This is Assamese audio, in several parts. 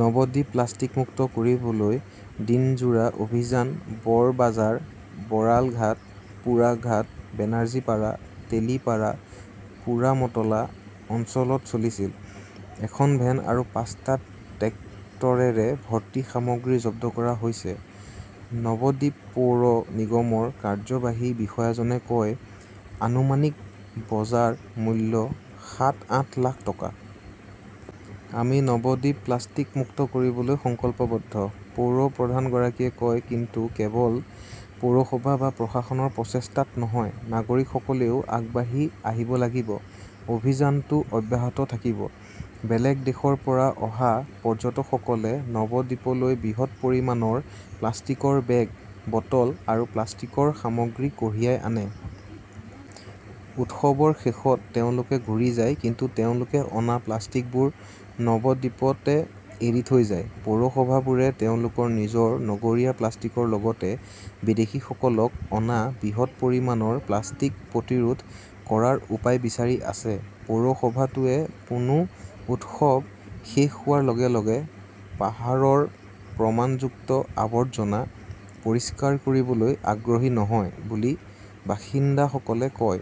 নবদ্বীপ প্লাষ্টিক মুক্ত কৰিবলৈ দিনজোৰা অভিযান বৰবাজাৰ, বৰালঘাট, পোৰাঘাট, বেনাৰ্জীপাড়া, তেলিপাড়া, পোৰামতলা অঞ্চলত চলিছিল। এখন ভেন আৰু পাঁচটা ট্ৰেক্টৰেৰে ভৰ্তি সামগ্ৰী জব্দ কৰা হৈছে, নৱদ্বীপ পৌৰ নিগমৰ কাৰ্যবাহী বিষয়াজনে কয়। আনুমানিক বজাৰ মূল্য সাত-আঠ লাখ টকা। আমি নৱদ্বীপ প্লাষ্টিক মুক্ত কৰিবলৈ সংকল্পবদ্ধ, পৌৰ প্ৰধানগৰাকীয়ে কয়। কিন্তু কেৱল পৌৰসভা বা প্ৰশাসনৰ প্ৰচেষ্টাত নহয়, নাগৰিকসকলেও আগবাঢ়ি আহিব লাগিব। অভিযানটো অব্যাহত থাকিব। বেলেগ দেশৰ পৰা অহা পৰ্যটকসকলে নৱদ্বীপলৈ বৃহৎ পৰিমাণৰ প্লাষ্টিকৰ বেগ, বটল আৰু প্লাষ্টিকৰ সামগ্ৰী কঢ়িয়াই আনে। উৎসৱৰ শেষত তেওঁলোকে ঘূৰি যায় কিন্তু তেওঁলোকে অনা প্লাষ্টিকবোৰ নৱদ্বীপতে এৰি থৈ যায়। পৌৰসভাবোৰে তেওঁলোকৰ নিজৰ নগৰীয়া প্লাষ্টিকৰ লগতে বিদেশীসকলক অনা বৃহৎ পৰিমাণৰ প্লাষ্টিক প্ৰতিৰোধ কৰাৰ উপায় বিচাৰি আছে। পৌৰসভাটোৱে কোনো উৎসৱ শেষ হোৱাৰ লগে লগে পাহাৰৰ প্ৰমাণযুক্ত আৱৰ্জনা পৰিষ্কাৰ কৰিবলৈ আগ্ৰহী নহয় বুলি বাসিন্দাসকলে কয়।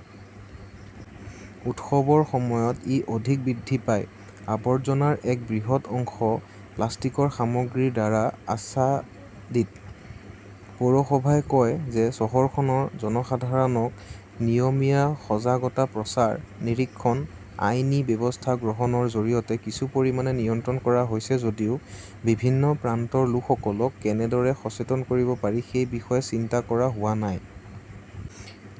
উৎসৱৰ সময়ত ই অধিক বৃদ্ধি পায়। আৱৰ্জনাৰ এক বৃহৎ অংশ প্লাষ্টিকৰ সামগ্ৰীৰ দ্বাৰা আচ্ছাদিত। পৌৰসভাই কয় যে চহৰখনৰ জনসাধাৰণক নিয়মীয়া সজাগতা প্ৰচাৰ, নিৰীক্ষণ, আইনী ব্যৱস্থা গ্ৰহণৰ জৰিয়তে কিছু পৰিমাণে নিয়ন্ত্ৰণ কৰা হৈছে যদিও বিভিন্ন প্ৰান্তৰ লোকসকলক কেনেদৰে সচেতন কৰিব পাৰি সেই বিষয়ে চিন্তা কৰা হোৱা নাই।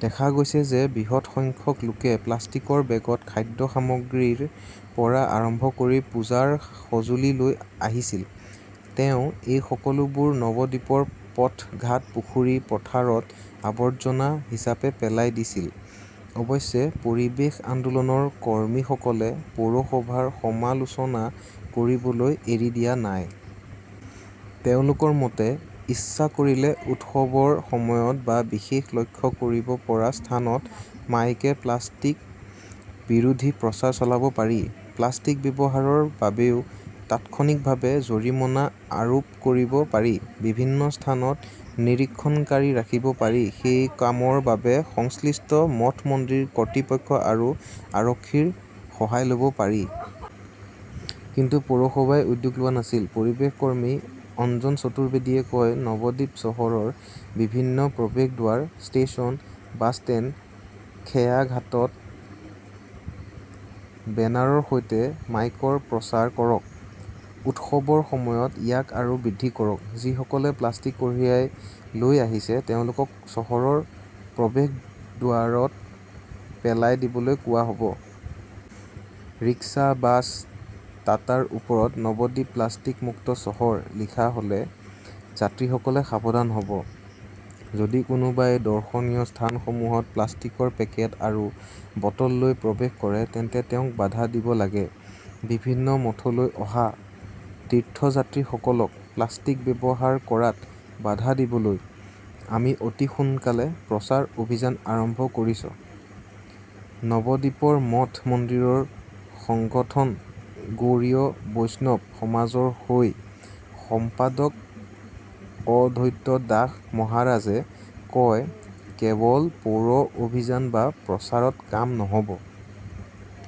দেখা গৈছে যে বৃহৎ সংখ্যক লোকে প্লাষ্টিকৰ বেগত খাদ্য সামগ্ৰীৰ পৰা আৰম্ভ কৰি পূজাৰ সঁজুলি লৈ আহিছিল। তেওঁ এই সকলোবোৰ নৱদ্বীপৰ পথ-ঘাট-পুখুৰী-পথাৰত আৱৰ্জনা হিচাপে পেলাই দিছিল। অৱশ্যে, পৰিৱেশ আন্দোলনৰ কৰ্মীসকলে পৌৰসভাৰ সমালোচনা কৰিবলৈ এৰি দিয়া নাই। তেওঁলোকৰ মতে, ইচ্ছা কৰিলে উৎসৱৰ সময়ত বা বিশেষ লক্ষ্য কৰিব পৰা স্থানত মাইকে প্লাষ্টিক বিৰোধী প্ৰচাৰ চলাব পাৰি। প্লাষ্টিক ব্যৱহাৰৰ বাবেও তাৎক্ষণিকভাৱে জৰিমনা আৰোপ কৰিব পাৰি। বিভিন্ন স্থানত নিৰীক্ষণকাৰী ৰাখিব পাৰি। সেই কামৰ বাবে সংশ্লিষ্ট মঠ-মন্দিৰ কৰ্তৃপক্ষ আৰু আৰক্ষীৰ সহায় ল'ব পাৰি। কিন্তু পৌৰসভাই উদ্যোগ লোৱা নাছিল। পৰিৱেশ কৰ্মী অঞ্জন চতুৰ্বেদীয়ে কয়, নৱদ্বীপ চহৰৰ বিভিন্ন প্ৰৱেশদ্বাৰ, ষ্টেচন, বাছষ্টেণ্ড, খেয়াঘাটত বেনাৰৰ সৈতে মাইকৰ প্ৰচাৰ কৰক। উৎসৱৰ সময়ত ইয়াক আৰু বৃদ্ধি কৰক। যিসকলে প্লাষ্টিক কঢ়িয়াই লৈ আহিছে তেওঁলোকক চহৰৰ প্ৰৱেশদ্বাৰত পেলাই দিবলৈ কোৱা হ'ব। ৰিক্সা, বাছ, টাটাৰ ওপৰত 'নৱদ্বীপ প্লাষ্টিক মুক্ত চহৰ' লিখা হ'লে যাত্ৰীসকলে সাৱধান হ'ব। যদি কোনোবাই দৰ্শনীয় স্থানসমূহত প্লাষ্টিকৰ পেকেট আৰু বটল লৈ প্ৰৱেশ কৰে তেন্তে তেওঁক বাধা দিব লাগে। বিভিন্ন মঠলৈ অহা তীৰ্থযাত্ৰীসকলক প্লাষ্টিক ব্যৱহাৰ কৰাত বাধা দিবলৈ আমি অতি সোনকালে প্ৰচাৰ অভিযান আৰম্ভ কৰিছ, নৱদ্বীপৰ মঠ মন্দিৰৰ সংগঠন গৌড়ীয় বৈষ্ণৱ সমাজৰ হৈ সম্পাদক অদ্বৈত দাস মহাৰাজে কয়। ""কেৱল পৌৰ অভিযান বা প্ৰচাৰত কাম নহ'ব।